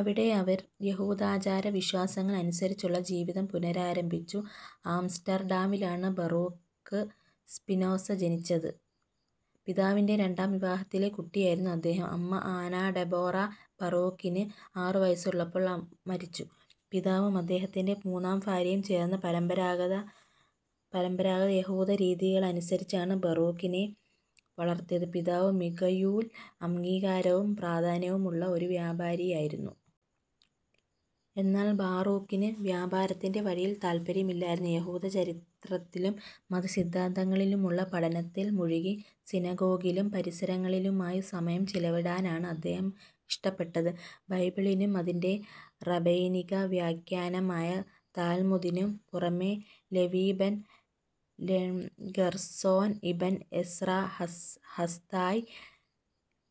അവിടെ അവർ യഹൂദാചാരവിശ്വാസങ്ങൾ അനുസരിച്ചുള്ള ജീവിതം പുനരാരംഭിച്ചു. ആംസ്റ്റർഡാമിലാണ് ബറൂക്ക് സ്പിനോസ ജനിച്ചത്. പിതാവിന്റെ രണ്ടാം വിവാഹത്തിലെ കുട്ടിയായിരുന്നു അദ്ദേഹം. അമ്മ ആനാ ഡെബോറ, ബറൂക്കിന് ആറുവയസ്സുള്ളപ്പോൾ മരിച്ചു. പിതാവും അദ്ദേഹത്തിന്റെ മൂന്നാം ഭാര്യയും ചേർന്ന് പരമ്പരാഗതയഹൂദരീതികളനുസരിച്ചാണ് ബറൂക്കിനെ വളർത്തിയത്. പിതാവ് മിഗയൂൽ അംഗീകാരവും പ്രാധാന്യവുമുള്ള ഒരു വ്യാപാരിയായിരുന്നു. എന്നാൽ ബാറുക്കിന് വ്യാപാരത്തിന്റെ വഴിയിൽ താത്പര്യമില്ലായിരുന്നു. യഹൂദചരിത്രത്തിലും മതസിദ്ധാന്തങ്ങളിലുമുള്ള പഠനത്തിൽ മുഴുകി സിനഗോഗിലും പരിസരങ്ങളിലുമായി സമയം ചിലവിടാനാണ് അദ്ദേഹം ഇഷ്ടപ്പെട്ടത്. ബൈബിളിനും അതിന്റെ റബൈനികവ്യാഖ്യാനമായ താൽമുദിനും പുറമേ, Levi ben Gerson, Ibn Ezra, Hasdai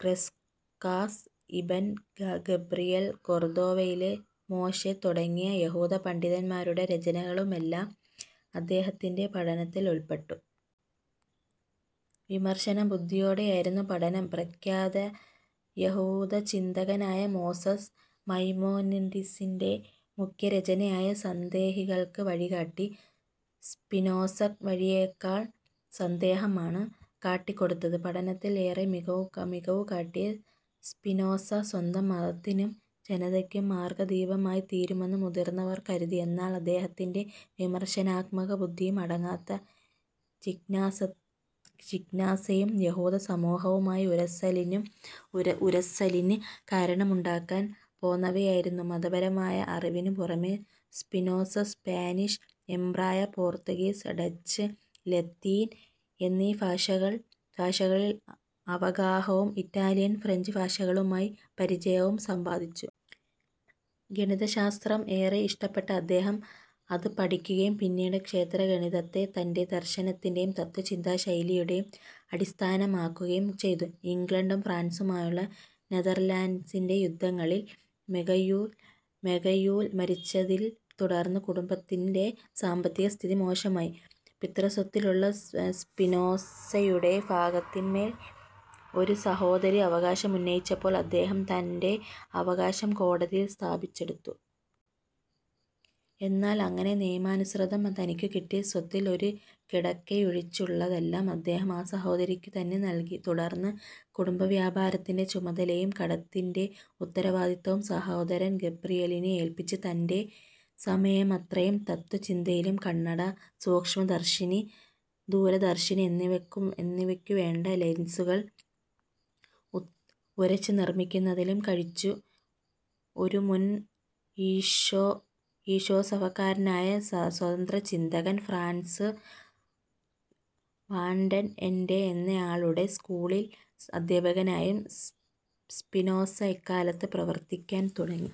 Crescas, Ibn Gabriel, കൊർദോവയിലെ മോശെ തുടങ്ങിയ യഹൂദപണ്ഡിതന്മാരുടെ രചനകളുമെല്ലാം അദ്ദേഹത്തിന്റെ പഠനത്തിൽ ഉൾപ്പെട്ടു. വിമർശനബുദ്ധിയോടെയായിരുന്നു പഠനം. പ്രഖ്യാതയഹൂദചിന്തകനായ മോസസ് മൈമോനിഡിസിന്റെ മുഖ്യരചനയായ "സന്ദേഹികൾക്ക് വഴികാട്ടി" സ്പിനോസക്ക് വഴിയേക്കാൾ സന്ദേഹമാണ് കാട്ടിക്കൊടുത്തത്. പഠനത്തിൽ ഏറെ മികവുകാട്ടിയ സ്പിനോസ സ്വന്തം മതത്തിനും ജനതക്കും മാർഗ്ഗദീപമായിത്തീരുമെന്ന് മുതിർന്നവർ കരുതി. എന്നാൽ അദ്ദേഹത്തിന്റെ വിമർശനാത്മകബുദ്ധിയും അടങ്ങാത്ത ജിജ്ഞാസയും യഹൂദസമൂഹവുമായി ഉരസലിന് കാരണമുണ്ടാക്കാൻ പോന്നവയായിരുന്നു. മതപരമായ അറിവിനുപുറമേ സ്പിനോസ സ്പാനിഷ്, എബ്രായ, പോർത്തുഗീസ്, ഡച്ച്, ലത്തീൻ എന്നീ ഭാഷകളിൽ അവഗാഹവും ഇറ്റാലിയൻ, ഫ്രഞ്ച് ഭാഷകളുമായി പരിചയവും സമ്പാദിച്ചു. ഗണിതശാസ്ത്രം ഏറെ ഇഷ്ടപ്പെട്ട അദ്ദേഹം അത് പഠിക്കുകയും പിന്നീട്, ക്ഷേത്രഗണിതത്തെ തന്റെ ദർശനത്തിന്റേയും തത്ത്വചിന്താശൈലിയുടേയും അടിസ്ഥാനമാക്കുകയും ചെയ്തു. ഇംഗ്ലണ്ടും ഫ്രാൻസുമായുള്ള നെഥർലാൻഡ്സിന്റെ യുദ്ധങ്ങളിൽ മിഗയൂൽ മരിച്ചതിനെ തുടർന്ന് കുടുംബത്തിന്റെ സാമ്പത്തികസ്ഥിതി മോശമായി. പിതൃസ്വത്തിലുള്ള സ്പിനോസയുടെ ഭാഗത്തിന്മേൽ ഒരു സഹോദരി അവകാശം ഉന്നയിച്ചപ്പോൾ അദ്ദേഹം തന്റെ അവകാശം കോടതിയിൽ സ്ഥാപിച്ചെടുത്തു. എന്നാൽ അങ്ങനെ നിയമാനുസൃതം തനിക്കുകിട്ടിയ സ്വത്തിൽ ഒരു കിടക്കയൊഴിച്ചുള്ളതെല്ലാം അദ്ദേഹം ആ സഹോദരിക്കുതന്നെ നൽകി. തുടർന്ന്, കുടുംബവ്യാപാരത്തിന്റെ ചുമതലയും കടത്തിന്റെ ഉത്തരവാദിത്തവും സഹോദരൻ ഗബ്രിയേലിനെ ഏല്പ്പിച്ച് തന്റെ സമയമത്രയും തത്ത്വചിന്തയിലും കണ്ണട, സൂക്ഷ്മദർശിനി, ദൂരദർശിനി എന്നിവക്കുവേണ്ട ലെൻസുകൾ ഉരച്ചുനിർമ്മിക്കുന്നതിലും കഴിച്ചു. ഒരു മുൻ ഈശോസഭക്കാരനായ സ്വതന്ത്രചിന്തകൻ, ഫ്രാൻസ് വാൻഡെൻ എൻഡെ എന്നയാളുടെ സ്കൂളിൽ അദ്ധ്യപകനായും സ്പിനോസ ഇക്കാലത്ത് പ്രവർത്തിക്കാൻ തുടങ്ങി.